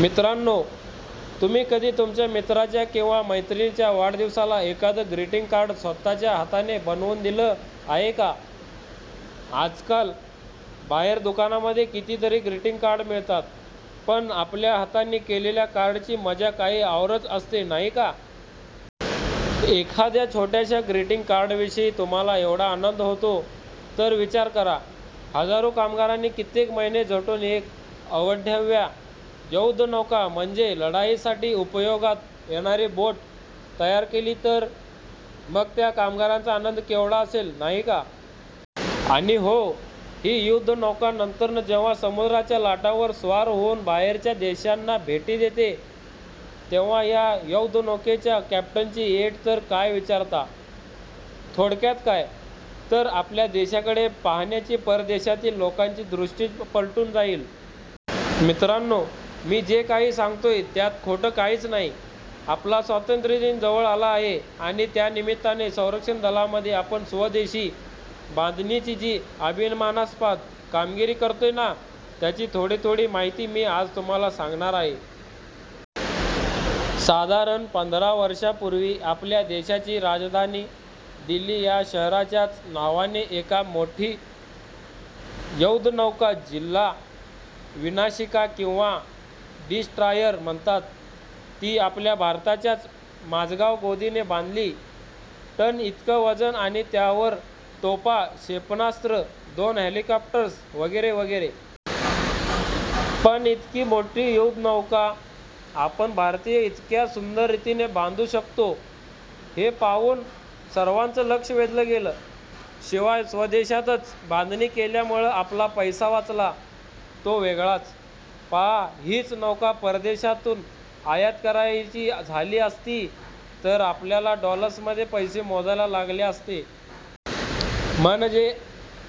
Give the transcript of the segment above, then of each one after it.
मित्रांनो, तुम्ही कधी तुमच्या मित्राच्या किंवा मैत्रिणीच्या वाढदिवसाला एखादं ग्रीटिंग कार्ड स्वतःच्या हाताने बनवून दिलं आहे का? आजकाल बाहेर दुकानांमध्ये कितीतरी ग्रीटिंग कार्ड मिळतात. पण आपल्या हातांनी केलेल्या कार्डाची मजा काही औरच असते नाही का. एखाद्या छोट्याशा ग्रीटिंग कार्डाविषयी तुम्हाला एवढा आनंद होतो, तर विचार करा, हजारो कामगारांनी कित्येक महिने झटून एक अवाढव्य युध्दनौका म्हणजेच लढाईसाठी उपयोगात येणारी बोट तयार केली तर? मग त्या कामगारांचा आनंद केवढा असेल, नाही का. आणि हो, ही युध्दनौका नंतर जेव्हा समुद्राच्या लाटांवर स्वार होऊन बाहेरच्या देशांना भेटी देते, तेव्हा या युध्दनौकेच्या कॅप्टनची ऐट तर काय विचारता. थोडक्यात काय, तर आपल्या देशाकडे पाहण्याची परदेशातील लोकांची दृष्टीच पालटून जाईल. मित्रांनो, मी जे काही सांगतोय, त्यात खोटं काहीच नाही. आपला स्वातंत्र्यदिन जवळ आला आहे आणि त्यानिमित्ताने संरक्षण दलांमध्ये आपण स्वदेशी बांधणीची जी अभिमानास्पद कामगिरी करतोय ना, त्याची थोडी थोडी माहिती मी आज तुम्हाला सांगणार आहे. साधारण पंधरा वर्षांपूर्वी आपल्या देशाची राजधानी दिल्ली या शहराच्याच नावाने एक मोठी युध्दनौका जिला विनाशिका किंवा डिस्ट्रॉयर म्हणतात, ती आपल्या भारताच्याच माझगाव गोदीने बांधली. टन इतकं वजन आणि त्यावर तोफा, क्षेपणास्त्र, दोन हेलिकॉप्टर्स वगैरे वगैरे. पण इतकी मोठी युध्दनौका आपण भारतीय इतक्या सुंदर रीतीने बांधू शकतो, हे पाहून सर्वांचं लक्ष वेधलं गेलं. शिवाय स्वदेशातच बांधणी केल्यामुळे आपला पैसा वाचला, तो वेगळाच. पहा, हीच नौका परदेशातून आयात करायची झाली असती, तर आपल्याला डॉलर्समध्ये पैसे मोजायला लागले असते. म्हणजे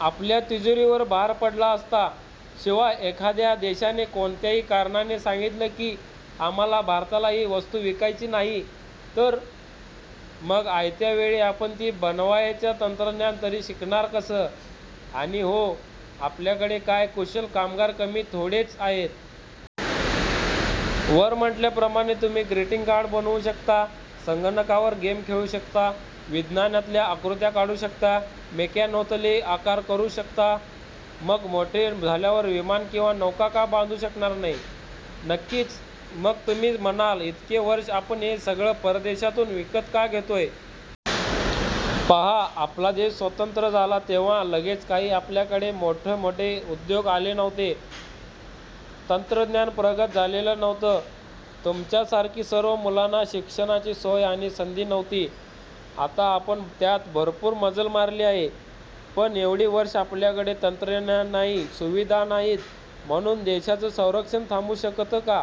आपल्या तिजोरीवर भार पडला असता. शिवाय एखाद्या देशाने कोणत्याही कारणाने सांगितलं की आम्हाला भारताला ही वस्तू विकायची नाही, तर? मग आयत्या वेळी आपण ती बनवण्यचं तंत्रज्ञान तरी शिकणार कसं? आणि हो, आपल्याकडे काय कुशल कामगार कमी थोडेच आहेत. वर म्हटल्याप्रमाणे तुम्ही ग्रीटिंग बनवू शकता, संगणकावर गेम खेळू शकता, विज्ञानातल्या आकृत्या काढू शकता, मेकॅनोतले आकार करू शकता, मग मोठे झाल्यावर विमानं किंवा नौका का बांधू शकणार नाही. नक्कीच. मग तुम्ही म्हणाल, इतकी वर्षं आपण हे सगळं परदेशातून विकत का घेतोय. पहा, आपला देश स्वतंत्र झाला, तेव्हा लगेच काही आपल्याकडे मोठमोठे उद्योग आले नव्हते, तंत्रज्ञान प्रगत झालेलं नव्हतं, तुमच्यासारखी सर्व मुलांना शिक्षणाची सोय आणि संधी नव्हती. आता आपण त्यात भरपूर मजल मारली आहे. पण एवढी वर्ष आपल्याकडे तंत्रज्ञान नाही, सुविधा नाहीत, म्हणून देशाचं संरक्षण थांबू शकतं का.